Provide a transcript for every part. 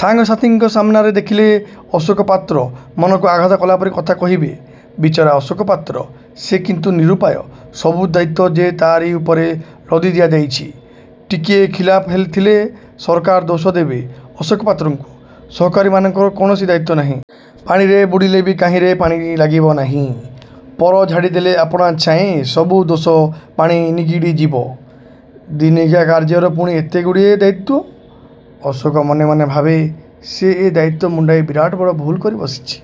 ସାଙ୍ଗସାଥିଙ୍କ ସାମନାରେ ଦେଖା ହେଲେ ଅଶୋକ ପାତ୍ର ମନକୁ ଆଘାତ କଲାପରି କଥା କହିବେ। ବିଚରା ଅଶୋକ ପାତ୍ର! ସେ କିନ୍ତୁ ନିରୁପାୟ। ସବୁ ଦାୟିତ୍ୱ ଯେ ତାରି ଉପରେ ଲଦି ଦିଆଯାଇଛି। ଟିକିଏ ଖିଲାପ ଥିଲେ ସରକାର ଦୋଷ ଦେବେ ଅଶୋକ ପାତ୍ରକୁ। ସହକାରୀମାନଙ୍କର କୌଣସି ଦାୟିତ୍ୱ ନାହିଁ। ପାଣିରେ ବୁଡ଼ିଲେବି କାହିଁରେ ପାଣି ଲାଗିବ ନାହିଁ। ପର ଝାଡ଼ିଦେଲେ ଆପଣା ଛାଏଁ ସବୁ ଦୋଷ–ପାଣି ନିଗିଡ଼ି ଯିବ। ଦିନିକିଆ କାର୍ଯ୍ୟର ପୁଣି ଏତେ ଗୁଡ଼ିଏ ଦାୟିତ୍ୱ? ଅଶୋକ ମନେ ମନେ ଭାବେ, ସେ ଏ ଦାୟିତ୍ୱ ମୁଣ୍ଡାଇ ବିରାଟ ଭୁଲ କରି ବସିଛି।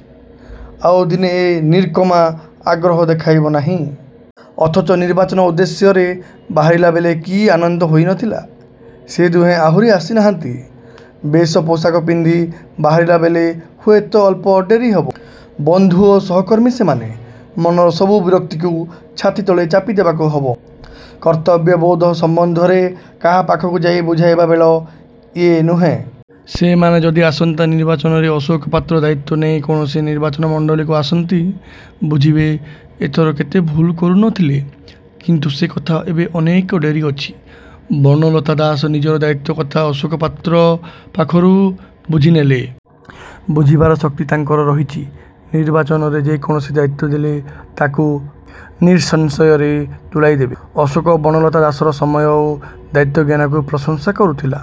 ଆଉ ଦିନେ ଏ ନିକର୍ମା–ଆଗ୍ରହ ଦେଖାଇବ ନାହିଁ। ଅଥଚ ନିର୍ବାଚନ ଉଦ୍ଦେଶ୍ୟରେ ବାହାରିଲାବେଳେ କି ଆନନ୍ଦ ହୋଇ ନ ଥିଲା। ସେ ଦୁହେଁ ଆହୁରି ଆସିନାହାନ୍ତି। ବେଶପୋଷାକ ପିନ୍ଧି ବାହାରିଲାବେଳେ ହୁଏତ ଅଳ୍ପ ଡେରି ହେବ। ବନ୍ଧୁ ଓ ସହକର୍ମୀ ସେମାନେ। ମନର ସବୁ ବିରକ୍ତିକୁ ଛାତିତଳେ ଚାପି ଦେବାକୁ ହେବ। କର୍ତ୍ତବ୍ୟବୋଧ ସମ୍ୱନ୍ଧରେ କାହା ପାଖକୁ ଯାଇ ବୁଝାଇବା ବେଳ ଇଏ ନୁହେ। ସେମାନେ ଯଦି ଆସନ୍ତା ନିର୍ବାଚନରେ ଅଶୋକ ପାତ୍ର ଦାୟିତ୍ୱ ନେଇ କୌଣସି ନିର୍ବାଚନ ମଣ୍ଡଳୀକୁ ଆସନ୍ତି, ବୁଝିବେ ଏଥର କେତେ ଭୁଲ କରୁ ନ ଥିଲେ। କିନ୍ତୁ ସେ କଥା ଏବେ ଅନେକ ଡେରି ଅଛି। ବନଲତା ଦାସ ନିଜର ଦାୟିତ୍ୱ କତା ଅଶୋକ ପାତ୍ର ପାଖରୁ ବୁଝିନେଲେ। ବୁଝିବାର ଶକ୍ତି ତାଙ୍କର ରହିଛି। ନିର୍ବାଚନରେ ଯେକୌଣସି ଦାୟିତ୍ୱ ଦେଲେ ତାକୁ ନିଃସଂଶୟରେ ତୁଲାଇ ଦେବେ। ଅଶୋକ ବନଲତା ଦାସର ସମୟ ଓ ଦାୟିତ୍ୱ ଜ୍ଞାନକୁ ପ୍ରଶଂସା କରୁଥିଲା।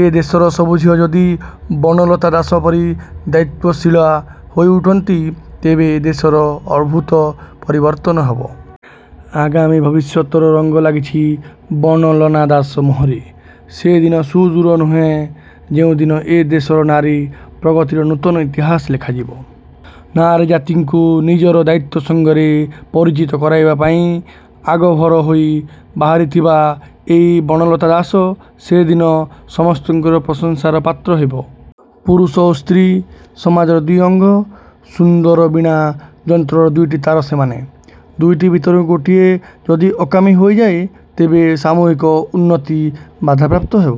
ଏ ଦେଶର ସବୁ ଝିଅ ଯଦି ବନଲତା ଦାସ ପରି ଦାୟିତ୍ୱଶୀଳା ହୋଇଉଠନ୍ତି, ତେବେ ଦେଶର ଅଦ୍ଭୁତ ପରିବର୍ତ୍ତନ ହେବ। ଆଗାମୀ ଭବିଷ୍ୟତର ରଙ୍ଗ ଲାଗିଛି ବନଲନା ଦାସ ମୁହଁରେ। ସେଦିନ ସୁଦୁର ନୁହେ, ଯେଉଁଦିନ ଏ ଦେଶର ନାରୀ ପ୍ରଗତିର ନୂତନ ଇତିହାସ ଲେଖାଯିବ। ନାରୀ ଜାତିକୁ ନିଜର ଦାୟିତ୍ୱ ସଙ୍ଗରେ ପରିଚିତ କରାଇବା ପାଇଁ ଆଗଭର ହୋଇ ବାହାରିଥିବା ଏଇ ବନଲତା ଦାସ ସେଦିନ ସମସ୍ତଙ୍କର ପ୍ରଶଂସାର ପାତ୍ର ହେବ। ପୁରୁଷ ଓ ସ୍ତ୍ରୀ, ସମାଜର ଦୁଇ ଅଙ୍ଗ। ସୁନ୍ଦର ବୀଣା ଯନ୍ତ୍ରର ଦୁଇଟି ତାର ସେମାନେ। ଦୁଇଟି ଭିତରୁ ଗୋଟିଏ ଯଦି ଅକାମୀ ହୋଇଯାଏ ତେବେ ସାମୁହିକ ଉନ୍ନତି ବାଧାପ୍ରାପ୍ତ ହେବ।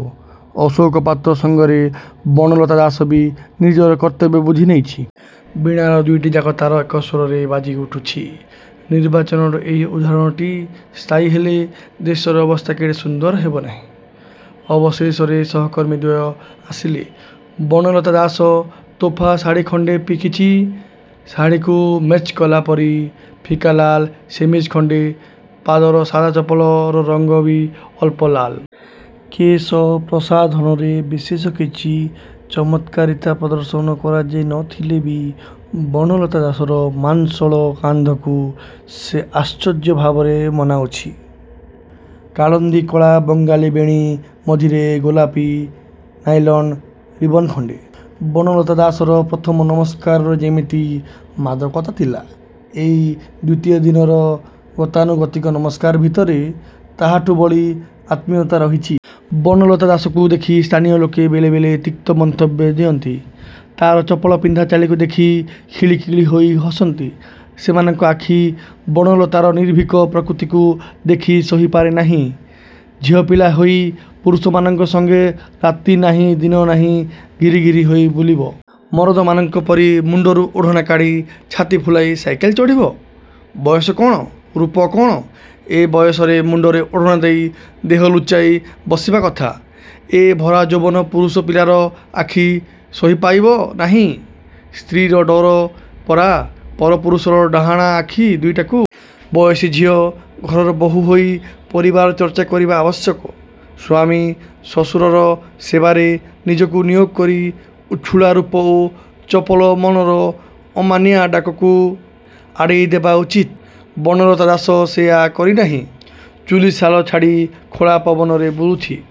ଅଶୋକ ପାତ୍ର ସଙ୍ଗରେ ବନଲତା ଦାସ ବି ନିଜର କର୍ତ୍ତବ୍ୟ ବୁଝି ନେଇଛି। ବୀଣାର ଦୁଇଟିଯାକ ତାର ଏକ ସ୍ୱରରେ ବାଜି ଉଠୁଛି। ନିର୍ବାଚନର ଏହି ଉଦାହରଣଟି ସ୍ଥାୟୀ ହେଲେ, ଦେଶର ଅବସ୍ଥା କେଡ଼େ ସୁନ୍ଦର ହେବନାହିଁ। ଅବଶେଷରେ ସହକର୍ମୀ ଦ୍ୱୟ ଆସିଲେ। ବନଲତା ଦାସ ତୋଫା ଶାଢ଼ି ଖଣ୍ଡେ ପିଖିଛି। ଶାଢ଼ିକୁ ମେଚ୍କଲାପରି ଫିକା ଲାଲ ସେମିଜ୍ଖଣ୍ଡେ। ପାଦର ସାଦା ଚପଲର ରଙ୍ଗ ବି ଅଳ୍ପ ଲାଲ। କେଶ ପ୍ରସାଧନରେ ବିଶେଷ କିଛି ଚମତ୍କାରିତା ପ୍ରଦର୍ଶନ କରାଯାଇ ନଥିଲେ ବି ବନଲତା ଦାସର ମାଂସଳ କାନ୍ଧକୁ ସେ ଆଶ୍ଚର୍ଯ୍ୟ ଭାବରେ ମନାଉଛି। କାଳନ୍ଦୀ କଳା ବଙ୍ଗାଳୀ ବେଣୀ ମଝିରେ ଗୋଲାପୀ ନାଇଲନ୍ ରିବନ୍ଖଣ୍ଡେ। ବନଲତା ଦାସର ପ୍ରଥମ ନମସ୍କାରରେ ଯେମିତି ମାଦକତା ଥିଲା ଏଇ ଦ୍ୱିତୀୟ ଦିନର ଗତାନୁଗତିକ ନମସ୍କାର ଭିତରେ ତାହାଠୁଁ ବଳି ଆତ୍ମୀୟତା ରହିଛି। ବନଲତା ଦାସକୁ ଦେଖି ସ୍ଥାନୀୟ ଲୋକେ ବେଳେବେଳେ ତିକ୍ତ ମନ୍ତବ୍ୟ ଦିଅନ୍ତି। ତାର ଚପଲ ପିନ୍ଧା ଚାଲିକୁ ଦେଖି ଖିଲି, ଖିଲି, ହୋଇ ହସନ୍ତି। ସେମାନଙ୍କ ଆଖି ବନଲତାର ନିର୍ଭୀକ ପ୍ରକୃତିକୁ ଦେଖି ସହି ପାରେ ନାହିଁ। ଝିଅପିଲା ହୋଇ ପୁରୁଷମାନଙ୍କ ସଙ୍ଗେ ରାତି ନାହିଁ, ଦିନ ନାହିଁ ଘିରି ଘିରି ହୋଇ ବୁଲିବ? ମରଦମାନଙ୍କ। ପରି ମୁଣ୍ଡରୁ ଓଢ଼ଣା କାଢ଼ି ଛାତି ଫୁଲାଇ ସାଇକଲ ଚଢ଼ିବ? ବୟସ କଣ, ରୂପ କଣ! ଏ ବୟସରେ ମୁଣ୍ଡରେ ଓଢ଼ଣାଦେଇ ଦେହ ଲୁଛାଇ ବସିବା କଥା! ଏ ଭରା ଯୌବନ ପୁରୁଷ ପିଲାର ଆଖି ସହିପାଇବ ନାହିଁ। ସ୍ତ୍ରୀର ଡର ପରା ପର ପୁରୁଷର ଡାହଣା ଆଖି ଦୁଇଟାକୁ! ବୟସୀ ଝିଅ ଘରର ବୋହୂ ହୋଇ ପରିବାର ଚର୍ଚ୍ଚା କରିବା ଆବଶ୍ୟକ। ସ୍ୱାମୀ, ଶ୍ୱଶୁରର ସେବାରେ ନିଜକୁ ନିୟୋଗ କରି ଉଛୁଳା ରୂପ ଓ ଚପଳ ମନର ଅମାନିଆ ଡାକକୁ ଆଡ଼େଇ ଦେବା ଉଚିତ। ବନଲତା ଦାସ ସେଇୟା କରିନାହିଁ। ଚୁଲୀଶାଳ ଛାଡ଼ି ଖୋଲା ପବନରେ ବୁଲୁଛି।